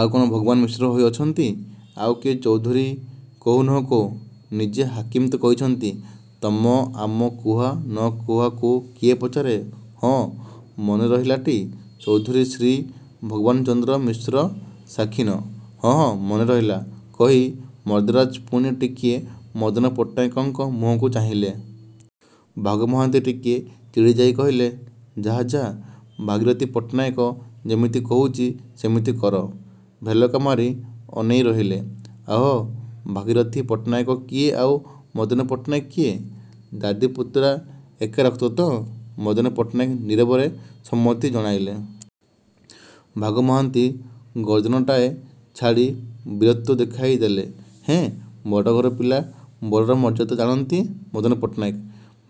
ଆଉ କଣ ଭଗବାନ ମିଶ୍ର ହୋଇ ଅଛନ୍ତି। ଆଉ କିଏ ଚୌଧୁରୀ କହୁ ନ କହୁ ନିଜେ ହାକିମ ତ କହିଛନ୍ତି। ତମ ଆମ କୁହା ନକୁହାକୁ କିଏ ପଚାରେ ହଁ ମନେ ରହିଲାଟି ଚୌଧୁରୀ ଶ୍ରୀ ଭଗବାନଚନ୍ଦ୍ର ମିଶ୍ର ସାଖିନ। ହଁ ହଁ ମନେ ରହିଲା କହି, ମର୍ଦ୍ଦରାଜ ପୁଣି ଟିକିଏ ମଦନ ପଟ୍ଟନାୟକଙ୍କ ମୁହଁକୁ ଚାହିଁଲେ। ଭାଗୁ ମହାନ୍ତି ଟିକିଏ ଚିଡ଼ିଯାଇ କହିଲେ ଯାଃ ଯାଃ ଭାଗିରଥି ପଟ୍ଟନାୟକ ଯେମିତି କହୁଚି ସେମିତି କର ଭେଲକା ମାରି ଅନେଇ ରହିଲେ। ଆହୋ ଭାଗିରଥି ପଟ୍ଟନାୟକ କିଏ ଆଉ ମଦନ ପଟ୍ଟନାୟକ କିଏ? ଦାଦି ପୁତୁରା ଏକା ରକ୍ତ ତ। ମଦନ ପଟ୍ଟନାୟକ ନୀରବରେ ସମ୍ମତି ଜଣାଇଲେ। ଭାଗୁ ମହାନ୍ତି ଗର୍ଜନଟାଏ ଛାଡ଼ି ବୀରତ୍ୱ ଦେଖାଇ ଦେଲେ ହେଁ ବଡ଼ଘର ପିଲା ବଡ଼ର ମର୍ଯ୍ୟାଦା ଜାଣନ୍ତି ମଦନ ପଟ୍ଟନାୟକ,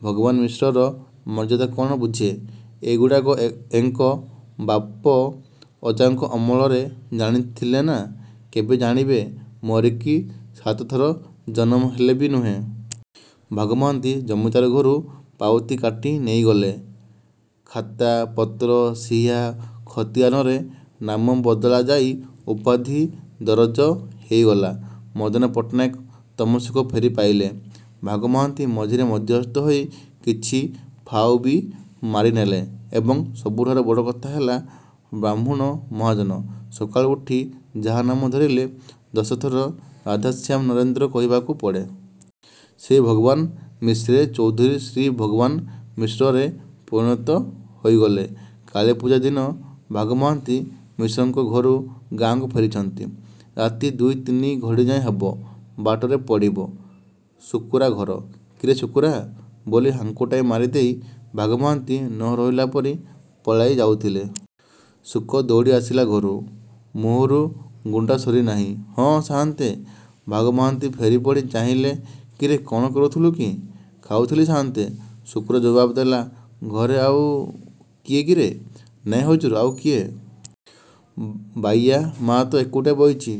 ଭଗବାନ ମିଶ୍ରର ମର୍ଯ୍ୟାଦା କଣ ବୁଝେ। ଏଗୁଡ଼ାକ ଏ ଏଙ୍କ ବାପ ଅଜାଙ୍କ ଅମଳରେ ଜାଣିଥିଲେନା କେବେ ଜାଣିବେ ମରିକି ସାତ ଥର ଜନମ ହେଲେବି ନୁହେଁ। ଭାଗୁ ମହାନ୍ତି ଜମିଦାର ଘରୁ ପାଉତି କାଟି ନେଇ ଗଲେ। ଖାତା ପତ୍ର ସିହା ଖତିଆନରେ ନାମ ବଦଳା ଯାଇ ଉପାଧି ଦରଜ ହେଇଗଲା। ମଦନ ପଟ୍ଟନାୟକ ତମସୁକ ଫେରି ପାଇଲେ। ଭାଗୁ ମହାନ୍ତି ମଝିରେ ମଧ୍ୟସ୍ଥ ହୋଇ କିଛି ଫାଉବି ମାରିନେଲେ। ଏବଂ ସବୁଠାରୁ ବଡ଼ କଥା ହେଲା ବାହ୍ମୁଣ ମହାଜନ, ସକାଳୁ ଉଠି ଯାହା ନାମ ଧରିଲେ ଦଶ ଥର ରାଧାଶ୍ୟାମ ନରେନ୍ଦ୍ର କହିବାକୁ ପଡ଼େ। ସେ ଭଗବାନ ମିଶ୍ରେ ଚୌଧୁରୀ ଶ୍ରୀ ଭଗବାନ ମିଶ୍ରରେ ପରିଣତ ହୋଇଗଲେ। କାଳୀପୂଜା ଦିନ ଭାଗୁ ମହାନ୍ତି ମିଶ୍ରଙ୍କ ଘରୁ ଗାଁକୁ ଫେରିଛନ୍ତି। ରାତି ଦୁଇ ତିନି ଘଡ଼ିଯାଏଁ ହେବ। ବାଟରେ ପଡ଼ିବ ଶୁକୁରା ଘର। କିରେ ଶୁକୁରା ବୋଲି ହାଙ୍କୁଟାଏ ମାରି ଦେଇ ଭାଗୁ ମହାନ୍ତି ନ ରହିଲା ପରି ପଳାଇ ଯାଉଥିଲେ। ଶୁକ ଦଉଡ଼ି ଆସିଲା ଘରୁ। ମୋର ଗୁଣ୍ଡା ସରି ନାହିଁ। ହଁ ସାଆନ୍ତେ! ଭାଗୁ ମହାନ୍ତି ଫେରିପଡ଼ି ଚାହିଁଲେ କିରେ କଣ କରୁଥୁଲୁ କି? ଖାଉଥିଲି ସାଆନ୍ତେ। ଶୁକୁରା ଜବାବ ଦେଲା। ଘରେ ଆଉ କିଏ କିରେ? ନାଇଁ ହଜୁର ଆଉ କିଏ? ବାଇୟା ମା ତ ଏକୁଟିଆ ବଇଚି।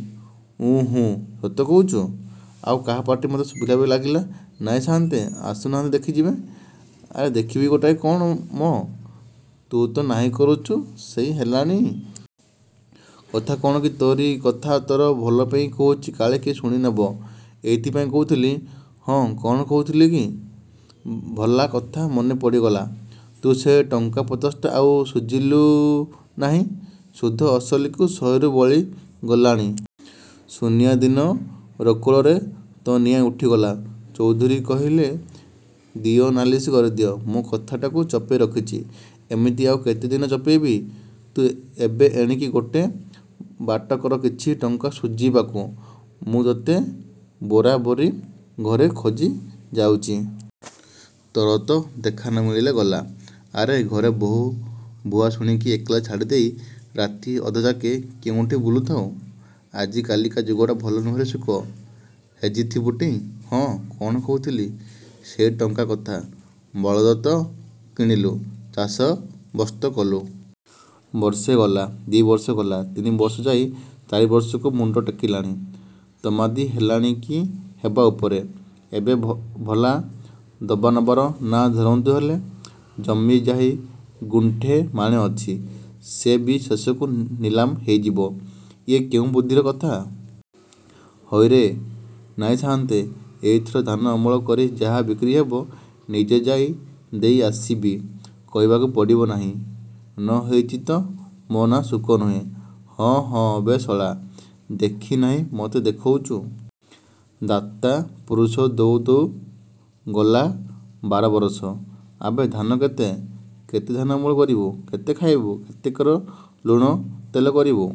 ଉଁ ହୁଁ। ସତ କହୁଚୁ? ଆଉ କାହା ପାଟି ମୋତେ ଶୁଭିଲା ପରି ଲାଗିଲା। ନାଇଁ ସାଆନ୍ତେ। ଆସୁ ନାହାନ୍ତି ଦେଖିଯିବେ। ଆରେ ଦେଖିବି ଗୋଟାଏ କଣ ମ? ତୁ ତ ନାହିଁ କରୁଚୁ ସେଇ ହେଲାଣି? କଥା କଣ କି ତୋରି କଥା ତୋର ଭଲ ପେଇଁ କହୁଚି କାଳେ କିଏ ଶୁଣି ନେବ। ଏଇଥିପାଇଁ କହୁଥିଲି। ହଁ କଣ କହୁଥୁଲେ କି ଭଲା କଥା ମନେ ପଡ଼ିଗଲା ତୁ ସେ ଟଙ୍କା ପଚାଶଟା ଆଉ ଶୁଝିଲୁ ନାହିଁ। ସୁଧ ଅସଲକି ଶହେରୁ ବଳି ଗଲାଣି। ସୁନିଆ ଦିନ ରୋକଳରେ ତୋ ନିଆଁ ଉଠିଗଲା। ଚୌଧୁରୀ କହିଲେ ଦିଅ ନାଲିଶ କରିଦିଅ! ମୁଁ କଥାଟାକୁ ଚପେଇ ରଖିଚି। ଏମିତି ଆଉ କେତେ ଦିନ ଚପେଇବି? ତୁ ଏବେ ଏଣିକି ଗୋଟେ ବାଟ କର କିଛି, ଟଙ୍କା ଶୁଜିବାକୁ। ମୁଁ ତୋତେ ବୋରା ବୋରି ଘରେ ଖୋଜି ଯାଉଚି। ତୋର ତ ଦେଖା ନ ମିଳିଲେ ଗଲା। ଆରେ, ଘରେ ବହୂ ଭୁଆସୁଣୀକି ଏକଲା ଛାଡ଼ି ଦେଇ ରାତିଅଧଯାକେ କେଉଁଠି ବୁଲୁଥାଉ? ଆଜିକାଲିକା ଯୁଗଟା ଭଲ ନୁହେଁରେ ଶୁକ। ହେଜିଥିବୁଟି! ହଁ, କଣ କହୁଥିଲି? ସେ ଟଙ୍କା କଥା। ବଳଦ ତ କିଣିଲୁ। ଚାଷ ବସ୍ତ କଲୁ। ବର୍ଷେ ଗଲା, ଦି ବର୍ଷ ଗଲା ତିନିବର୍ଷ ଯାଇ ଚାରିବର୍ଷକୁ ମୁଣ୍ଡ ଟେକିଲାଣି। ତମାଦି ହେଲାଣି କି ହେବା ଉପରେ। ଏବେ ଭ ଭଲା ଦବାନବାର ନାଁ ଧରନ୍ତୁ ହେଲେ। ଜମି ଯାହି ଗୁଣ୍ଠେ ମାଣେ ଅଛି ସେ ବି ଶେଷକୁ ନିଲାମ ହେଇ ଯିବ। ଇଏ କେଉଁ ବୁଦ୍ଧିର କଥା! ହଇରେ! ନାଇଁ ସାଆନ୍ତେ, ଏଇଥର ଧାନ ଅମଳ କରି ଯାହା ବିକ୍ରି ହେବ ନିଜେ ଯାଇ ଦେଇ ଆସିବି କହିବାକୁ ପଡ଼ିବ ନାହିଁ ନ ହେଇଚି ତ ମୋ ନାଆଁ ଶୁକ ନୁହେଁ। ହଁ, ହଁ ବେ ଶଳା, ଦେଖି ନାହିଁ ମୋତେ ଦେଖଉଚୁ। ଦାତା ପୁରୁଷ ଦଉ ଦଉ ଗଲା ବାରବରଷ। ଆବେ ଧାନ କେତେ? କେତେ ଧାନ ଅମଳ କରିବୁ? କେତେ ଖାଇବୁ? କେତେକର ଲୁଣ ତେଲ କରିବୁ?